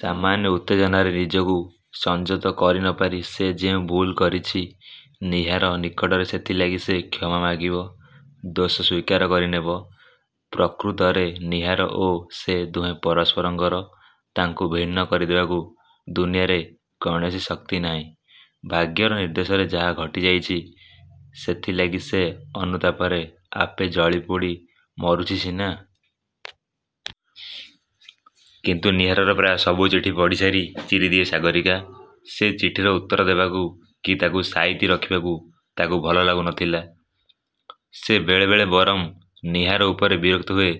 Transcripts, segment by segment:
ସମାନ୍ୟ ଉତ୍ତେଜନାରେ ନିଜକୁ ସଂଯତ କରିନପାରି ସେ ଯେଉଁ ଭୁଲ୍ କରିଛି–ନୀହାର ନିକଟରେ ସେଥିଲାଗି ସେ କ୍ଷମା ମାଗିବ। ଦୋଷ ସ୍ୱୀକାର କରିନେବ। ପ୍ରକୃତରେ ନୀହାର ଓ ସେ ଦୁହେଁ ପରସ୍ପରଙ୍କର। ତାଙ୍କୁ ଭିନ୍ନ କରିଦେବାକୁ ଦୁନିଆରେ କୌଣସି ଶକ୍ତି ନାହିଁ। ଭାଗ୍ୟର ନିର୍ଦ୍ଦେଶରେ ଯାହା ଘଟିଯାଇଛି ସେଥିଲାଗି ସେ ଅନୁତାପରେ ଆପେ ଜଳି ପୋଡ଼ି ମରୁଛି ସିନା! କିନ୍ତୁ ନୀହାରର ପ୍ରାୟ ସବୁ ଚିଠି ପଢ଼ିସାରି ଚିରିଦିଏ ସାଗରୀକା। ସେ ଚିଠିର ଉତ୍ତର ଦେବାକୁ କି ତାକୁ ସାଇତି ରଖିବାକୁ ତାକୁ ଭଲ ଲାଗୁ ନଥିଲା। ସେ ବେଳେ ବେଳେ ବରଂ ନୀହାର ଉପରେ ବିରକ୍ତ ହୁଏ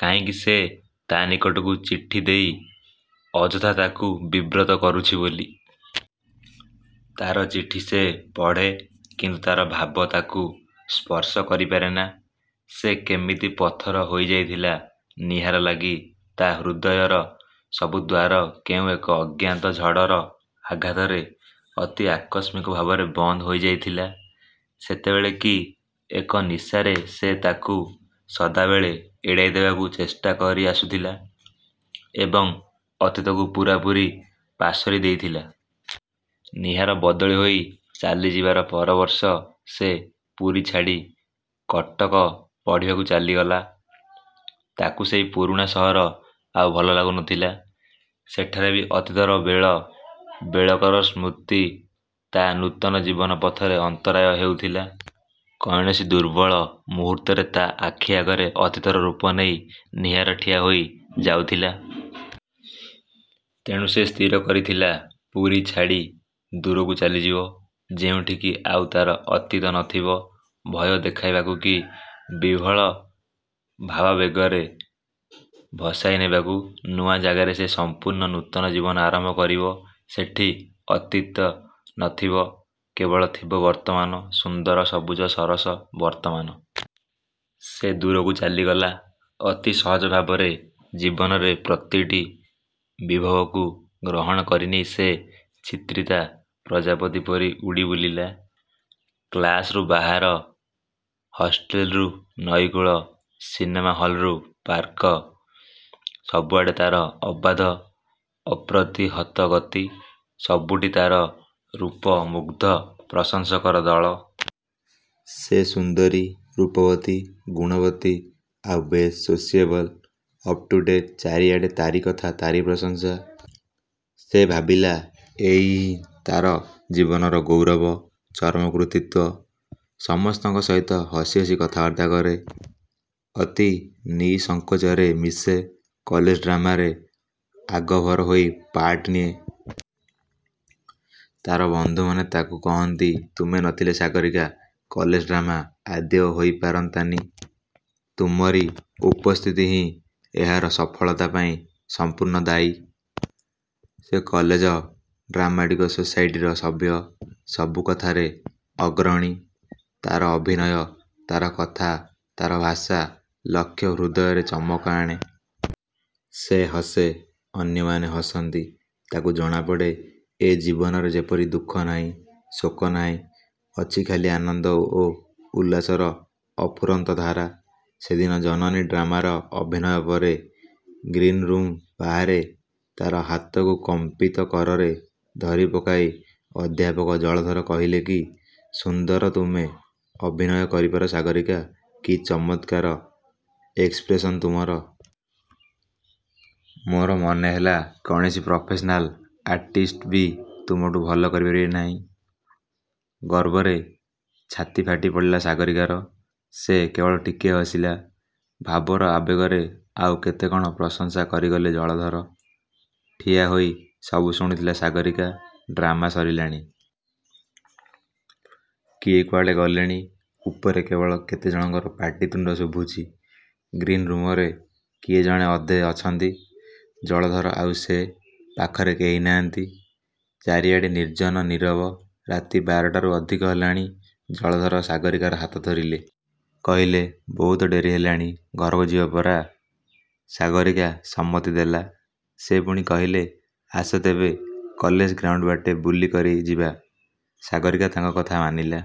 କାହିଁକି ସେ ତା' ନିକଟକୁ ଚିଠିଦେଇ ଅଯଥା ତାକୁ ବିବ୍ରତ କରୁଛି ବୋଲି। ତା'ର ଚିଠି ସେ ପଢ଼େ, କିନ୍ତୁ ତା'ର ଭାବ ତାକୁ ସ୍ପର୍ଶ କରିପାରେନା। ସେ କେମିତି ପଥର ହୋଇଯାଇଥିଲା–ନୀହାର ଲାଗି ତା' ହୃଦୟର ସବୁ ଦ୍ୱାର କେଉଁ ଏକ ଅଜ୍ଞାତ ଝଡ଼ର। ଆଘାତରେ, ଅତି ଆକସ୍ମିକ ଭାବରେ ବନ୍ଦ ହୋଇଯାଇଥିଲା। ସେତେବେଳେ କି ଏକ ନିଶାରେ ସେ ତାକୁ ସଦାବେଳେ ଏଡ଼ାଇ ଦେବାକୁ ଚେଷ୍ଟା କରି ଆସୁଥିଲା; ଏବଂ ଅତୀତକୁ ପୂରାପୂରି ପାସୋରି ଦେଇଥିଲା। ନୀହାର ବଦଳି ହୋଇ ଚାଲି ଯିବାର ପରବର୍ଷ ସେ ପୁରୀ ଛାଡ଼ି କଟକ ପଢ଼ିବାକୁ ଚାଲିଗଲା। ତାକୁ ସେଇ ପୁରୁଣା ସହର ଆଉ ଭଲ ଲାଗୁ ନଥିଲା; ସେଠାରେ ବି ଅତୀତର ବେଳ ବେଳକର ସ୍ମୃତି ତା' ନୂତନ ଜୀବନ ପଥରେ ଅନ୍ତରାୟ ହେଉଥିଲା। କୌଣସି ଦୁର୍ବଳ ମୁହୂର୍ତ୍ତରେ ତା' ଆଖି ଆଗରେ ଅତୀତର ରୂପ ନେଇ ନୀହାର ଠିଆହୋଇ ଯାଉଥିଲା। ତେଣୁ ସେ ସ୍ଥିର କରିଥିଲା ପୁରୀ ଛାଡ଼ି ଦୂରକୁ ଚାଲିଯିବ। ଯେଉଁଠି କି ଆଉ ତା'ର ଅତୀତ ନଥିବ; ଭୟ ଦେଖାଇବାକୁ କି ବିହ୍ୱଳ-ଭାବାବେଗରେ ଭସାଇ ନେବାକୁ। ନୂଆ ଜାଗାରେ ସେ ସମ୍ପୂର୍ଣ୍ଣ ନୂତନ ଜୀବନ ଆରମ୍ଭ କରିବ–ସେଠି ଅତୀତ ନଥିବ କେବଳ ଥିବ ବର୍ତ୍ତମାନ, ସୁନ୍ଦର ସବୁଜ ସରସ ବର୍ତ୍ତମାନ। ସେ ଦୂରକୁ ଚାଲିଗଲା। ଅତି ସହଜ ଭାବରେ ଜୀବନରେ ପ୍ରତିଟି ବିଭବକୁ ଗ୍ରହଣ କରିନେଇ ସେ ଚିତ୍ରିତା ପ୍ରଜାପତି ପରି ଉଡ଼ି ବୁଲିଲା। କ୍ଲାସରୁ ବାହାର, ହଷ୍ଟେଲ୍ରୁ ନଈକୂଳ, ସିନେମା ହଲ୍ରୁ ପାର୍କ, ସବୁଆଡ଼େ ତା'ର ଅବାଧ ଅପ୍ରତିହତ ଗତି। ସବୁଠି ତା'ର ରୂପ ମୁଗ୍ଧ ପ୍ରଶଂସକର ଦଳ। ସେ ସୁନ୍ଦରୀ, ରୂପବତୀ, ଗୁଣବତୀ ଆଉ ବେଶ୍ ସୋସିଏବଲ୍, ଅପ୍-ଟୁ-ଡେଟ୍। ଚାରିଆଡ଼େ ତାରି କଥା; ତାରି ପ୍ରଶଂସା। ସେ ଭାବିଲା ଏଇ ହିଁ ତା'ର ଜୀବନର ଗୌରବ; ଚରମ କୃତିତ୍ୱ। ସମସ୍ତଙ୍କ ସହିତ ସେ ହସି ହସି କଥାବାର୍ତ୍ତା କରେ; ଅତି ନିଃସଙ୍କୋଚରେ ମିଶେ। କଲେଜ ଡ୍ରାମାରେ ଆଗଭର ହୋଇ ପାର୍ଟ ନିଏ। ତା'ର ବନ୍ଧୁମାନେ ତାକୁ କହନ୍ତି–''ତୁମେ ନଥିଲେ ସାଗରୀକା–କଲେଜ ଡ୍ରାମା ଆଦୌ ହୋଇପାରନ୍ତାନି। ତୁମରି ଉପସ୍ଥିତି ହିଁ ଏହାର ସଫଳତା ପାଇଁ ସମ୍ପୂର୍ଣ୍ଣ ଦାୟୀ। '' ସେ କଲେଜ ଡ୍ରାମାଟିକ-ସୋସାଇଟିର ସଭ୍ୟ। ସବୁ କଥାରେ ଅଗ୍ରଣୀ। ତା'ର ଅଭିନୟ, ତା'ର କଥା, ତା'ର ଭାଷା, ଲକ୍ଷ-ହୃଦୟରେ ଚମକ ଆଣେ। ସେ ହସେ; ଅନ୍ୟମାନେ ହସନ୍ତି। ତାକୁ ଜଣାପଡ଼େ, ଏ ଜୀବନରେ ଯେପରି ଦୁଃଖ ନାହିଁ; ଶୋକ ନାହିଁ ଅଛି ଖାଲି ଆନନ୍ଦ ଓ ଉଲ୍ଲାସର ଅଫୁରନ୍ତ ଧାରା। ସେଦିନ 'ଜନନୀ' ଡ୍ରାମାର ଅଭିନୟ ପରେ ଗ୍ରୀନରୁମ୍ ବାହାରେ ତା'ର ହାତକୁ କମ୍ପିତ କରରେ ଧରି ପକାଇ ଅଧ୍ୟାପକ ଜଳଧର କହିଲେ–''କି ସୁନ୍ଦର ତୁମେ ଅଭିନୟ କରିପାର ସାଗରୀକା–କି ଚମତ୍କାର ଏକ୍ସପ୍ରେସନ୍ ତୁମର। ମୋର ମନେହେଲା କୌଣସି ପ୍ରଫେସନାଲ୍ ଆର୍ଟିଷ୍ଟ ବି ତୁମଠୁଁ ଭଲ କରି ପାରିବେ ନାହିଁ। '' ଗର୍ବରେ ଛାତିଫାଟି ପଡ଼ିଲା ସାଗରୀକାର। ସେ କେବଳ ଟିକିଏ ହସିଲା। ଭାବର ଆବେଗରେ ଆଉ କେତେ କ'ଣ ପ୍ରଶଂସା କରିଗଲେ ଜଳଧର। ଠିଆହୋଇ ସବୁ ଶୁଣୁଥିଲା ସାଗରୀକା। ଡ୍ରାମା ସରିଲାଣି। କିଏ କୁଆଡ଼େ ଗଲେଣି। ଉପରେ କେବଳ କେତେ ଜଣଙ୍କର ପାଟି ତୁଣ୍ଡ ଶୁଭୁଛି। ଗ୍ରୀନ୍ ରୁମରେ କିଏ ଜଣେ ଅଧେ ଅଛନ୍ତି। ଜଳଧର ଆଉ ସେ। ପାଖରେ କେହି ନାହାନ୍ତି। ଚାରିଆଡ଼ ନିର୍ଜନ, ନୀରବ। ରାତି ବାରଟାରୁ ଅଧିକ ହେଲାଣି। ଜଳଧର ସାଗରୀକାର ହାତ ଧରିଲେ। କହିଲେ–ବହୁତ ଡେରି ହେଲାଣି–ଘରକୁ ଯିବ ପରା? '' ସାଗରୀକା ସମ୍ମତି ଦେଲା। ସେ ପୁଣି କହିଲେ–''ଆସ ତେବେ–କଲେଜ ଗ୍ରାଉଣ୍ଡ ବାଟେ ବୁଲି କରି ଯିବା। '' ସାଗରୀକା ତାଙ୍କ କଥା ମାନିଲା।